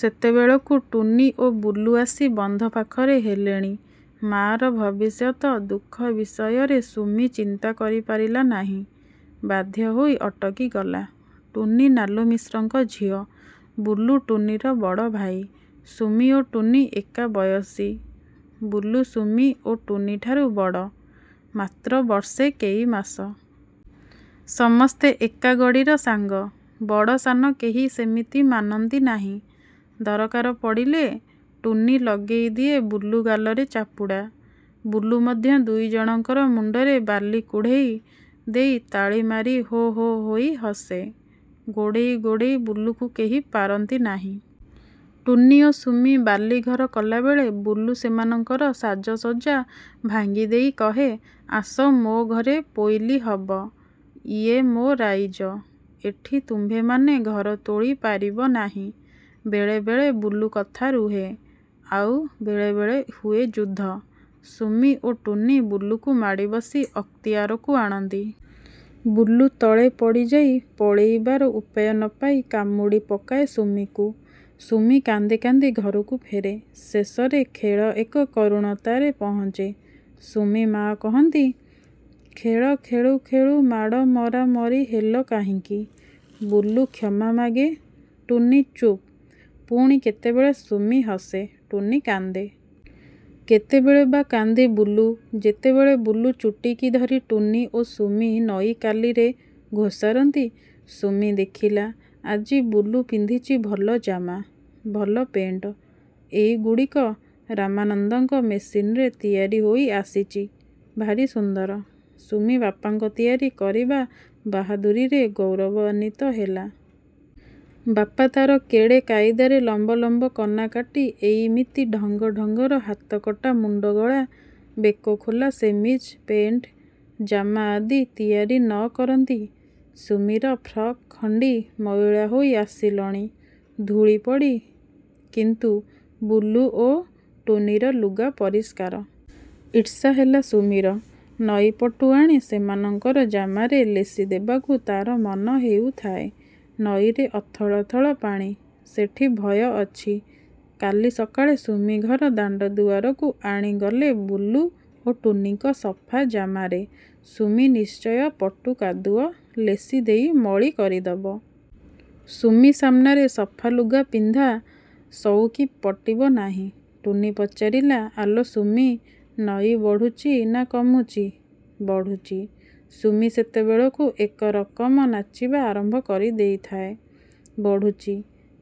ସେତେବେଳକୁ ଟୁନୀ ଓ ବୁଲୁ ଆସି ବନ୍ଧପାଖରେ ହେଲେଣି। ମା'ର ଭବିଷ୍ୟତ ଦୁଃଖ ବିଷୟରେ ସୁମି ଚିନ୍ତା କରିପାରିଲା ନାହିଁ। ବାଧ୍ୟ ହୋଇ ଅଟକି ଗଲା। ଟୁନୀ ନାଲୁମିଶ୍ରଙ୍କ ଝିଅ। ବୁଲୁ ଟୁନୀର ବଡ଼ ଭାଇ। ସୁମି ଓ ଟୁନୀ ଏକାବୟସୀ। ବୁଲୁ ସୁମି ଓ ଟୁନୀଠାରୁ ବଡ଼, ମାତ୍ର ବର୍ଷେ କେଇମାସ। ସମସ୍ତେ ଏକାଗଡ଼ିର ସାଙ୍ଗ। ବଡ଼ ସାନ କେହି ସେମିତି ମାନନ୍ତି ନାହିଁ। ଦରକାର ପଡ଼ିଲେ ଟୁନୀ ଲଗେଇ ଦିଏ ବୁଲୁ ଗାଲରେ ଚାପୁଡ଼ା। ବୁଲୁ ମଧ୍ୟ ଦୁଇ ଜଣଙ୍କର ମୁଣ୍ଡରେ ବାଲି କୁଢ଼େଇ ଦେଇ ତାଳି ମାରି ହୋ ହୋ ହୋଇ ହସେ। ଗୋଡ଼େଇ ଗୋଡ଼େଇ ବୁଲୁକୁ କେହି ପାରନ୍ତି ନାହିଁ। ଟୁନୀ ଓ ସୁମି ବାଲିଘର କଲାବେଳେ ବୁଲୁ ସେମାନଙ୍କର ସାଜସଜ୍ଜା ଭାଙ୍ଗି ଦେଇ କହେ–ଆସ ମୋ ଘରେ ପୋଇଲି ହବ। ୟେ ମୋ ରାଇଜ-। ଏଠି ତୁମ୍ଭେମାନେ ଘର ତୋଳି ପାରିବ ନାହିଁ। ବେଳେବେଳେ ବୁଲୁ କଥା ରୁହେ। ଆଉ ବେଳେବେଳେ ହୁଏ ଯୁଦ୍ଧ। ସୁମି ଓ ଟୁନୀ ବୁଲୁକୁ ମାଡ଼ିବସି ଅକ୍ତିଆରକୁ ଆଣନ୍ତି। ବୁଲୁ ତଳେ ପଡ଼ିଯାଇ ପଳେଇବାର ଉପାୟ ନ ପାଇ–କାମୁଡ଼ି ପକାଏ ସୁମିକୁ। ସୁମି କାନ୍ଦି କାନ୍ଦି ଘରକୁ ଫେରେ। ଶେଷରେ ଖେଳ ଏକ କରୁଣତାରେ ପହଞ୍ଚେ। ସୁମି-ମା କହନ୍ତି–ଖେଳ ଖେଳୁ ଖେଳୁ ମାଡ଼ ମରାମରି ହେଲ କାହିଁକି? ବୁଲୁ କ୍ଷମା ମାଗେ। ଟୁନୀ ଚୁପ୍। ପୁଣି କେତେବେଳେ ସୁମି ହସେ–ଟୁନୀ କାନ୍ଦେ। କେତେବେଳେ ବା କାନ୍ଦେ ବୁଲୁ, ଯେତେବେଳେ ବୁଲୁ ଚୁଟିକି ଧରି ଟୁନୀ ଓ ସୁମି ନଈକାଲିରେ ଘୋଷାରନ୍ତି। ସୁମି ଦେଖିଲା–ଆଜି ବୁଲୁ ପିନ୍ଧିଚି ଭଲ ଜାମା, ଭଲ ପେଣ୍ଟ। ଏଇଗୁଡ଼ିକ ରାମାନନ୍ଦଙ୍କ ମେସିନରେ ତିଆରି ହୋଇ ଆସିଚି। ଭାରି ସୁନ୍ଦର। ସୁମି ବାପାଙ୍କ ତିଆରି କରିବା ବାହାଦୁରିରେ ଗୌରବାନ୍ୱିତ ହେଲା। ବାପା ତାର କେଡ଼େ କାଇଦାରେ ଲମ୍ବ ଲମ୍ବ କନା କାଟି ଏଇମିତି ଢଙ୍ଗ ଢଙ୍ଗର ହାତକଟା ମୁଣ୍ଡଗଳା, ବେକଖୋଲା ସେମିଜ ପେଏଣ୍ଟ ଜାମା ଆଦି ତିଆରି ନ କରନ୍ତି? ସୁମିର ଫ୍ରକ୍ ଖଣ୍ଡି ମଇଳା ହୋଇ ଆସିଲଣି–ଧୂଳି ପଡ଼ି। କିନ୍ତୁ ବୁଲୁ ଓ ଟୁନୀର ଲୁଗା ପରିଷ୍କାର। ଈର୍ଷା ହେଲା ସୁମିର। ନଈ ପଟୁ ଆଣି ସେମାନଙ୍କର ଜାମାରେ ଲେସିଦେବାକୁ ତା'ର ମନ ହେଉଥାଏ। ନଈରେ ଅଥଳ ଥଳ ପାଣି। ସେଠି ଭୟ ଅଛି। କାଲି ସକାଳେ ସୁମି ଘର ଦାଣ୍ଡ ଦୁଆରକୁ ଆଣି ଗଲେ ବୁଲୁ ଓ ଟୁନୀଙ୍କ ସଫା ଜାମାରେ ସୁମି ନିଶ୍ଚୟ ପଟୁ କାଦୁଅ ଲେସି ଦେଇ ମଳି କରିଦେବ। ସୁମି ସାମ୍ନାରେ ସଫା ଲୁଗା ପିନ୍ଧା ସଉକି ପଟିବ ନାହିଁ। ଟୁନୀ ପଚାରିଲା–ଆଲୋ ସୁମି, ନଈ ବଢ଼ୁଚି ନା କମୁଚି। 'ବଢ଼ୁଚି'। ସୁମି ସେତେବେଳକୁ ଏକରକମ ନାଚିବା ଆରମ୍ଭ କରି ଦେଇଥାଏ। ବଢ଼ୁଚି!!!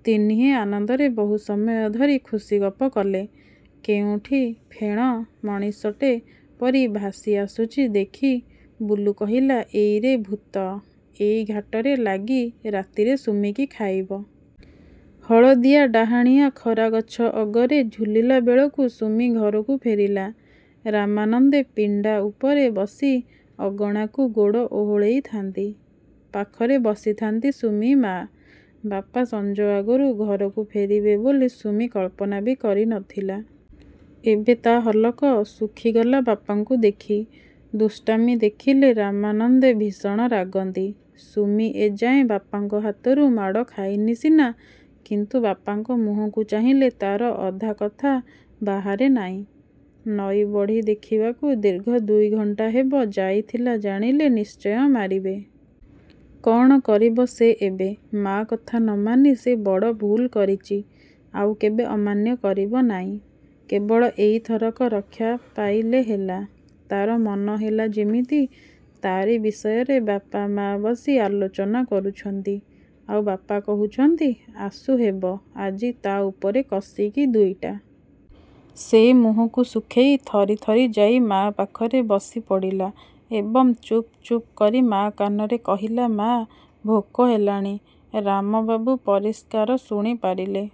ତିନିହେଁ ଆନନ୍ଦରେ ବହୁ ସମୟ ଧରି ଖୁସିଗପ କଲେ। କେଉଁଠି ଫେଣ ମଣିଷଟେ ପରି ଭାଷି ଆସୁଚି ଦେଖି ବୁଲୁ କହିଲା, ''ଏଇରେ ଭୂତ; ଏଇ ଘାଟରେ ଲାଗି ରାତିରେ ସୁମିକି ଖାଇବ। '' ହଳଦିଆ ଡାଆଣିଆ ଖରା ଗଛ ଅଗରେ ଝୁଲିଲା ବେଳକୁ ସୁମି ଘରକୁ ଫେରିଲା। ରାମାନନ୍ଦେ ପିଣ୍ଡା ଉପରେ ବସି ଅଗଣାକୁ ଗୋଡ଼ ଓହଳେଇଥାନ୍ତି, ପାଖରେ ବସିଥାନ୍ତି ସୁମି ମା'। ବାପା ସଞ୍ଜ ଆଗରୁ ଘରକୁ ଫେରିବେ ବୋଲି ସୁମି କଳ୍ପନା ବି କରି ନଥିଲା। ଏବେ ତା' ହଲକ ଶୁଖିଗଲା ବାପାଙ୍କୁ ଦେଖି। ଦୁଷ୍ଟାମି ଦେଖିଲେ ରାମାନନ୍ଦେ ଭୀଷଣ ରାଗନ୍ତି। ସୁମି ଏ ଯାଏଁ ବାପାଙ୍କ ହାତରୁ ମାଡ଼ ଖାଇନି ସିନା–କିନ୍ତୁ ବାପାଙ୍କ ମୁହଁକୁ ଚାହିଁଲେ ତା'ର ଅଧା କଥା ବାହାରେ ନାଇଁ। ନଈ ବଢ଼ି ଦେଖିବାକୁ ଦୀର୍ଘ ଦୁଇଘଣ୍ଟା ହେବ ଯାଇଥିଲା ଜାଣିଲେ ନିଶ୍ଚୟ ମାରିବେ। କ'ଣ କରିବ ସେ ଏବେ। ମା' କଥା ନ ମାନି ସେ ବଡ଼ ଭୁଲ କରିଚି। ଆଉ କେବେ ଅମାନ୍ୟ କରିବ ନାଇଁ। କେବଳ ଏଇଥରକ ରକ୍ଷା ପାଇଲେ ହେଲା। ତାର ମନହେଲା ଯେମିତି ତାରି ବିଷୟରେ ବାପା-ମା ବସି ଆଲୋଚନା କରୁଛନ୍ତି। ଆଉ ବାପା କହୁଛନ୍ତି–ଆସୁ ହେବ ଆଜି ତା' ଉପରେ କଷିକି ଦୁଇଟା। ସେ ମୁହଁକୁ ଶୁଖେଇ ଥରି ଥରି ଯାଇ ମା' ପାଖରେ ବସି ପଡ଼ିଲା ଏବଂ ଚୁପ୍ ଚୁପ୍ କରି ମା' କାନରେ କହିଲା–'ମା' ଭୋକ ହେଲାଣି। ' ରାମବାବୁ ପରିଷ୍କାର ଶୁଣିପାରିଲେ।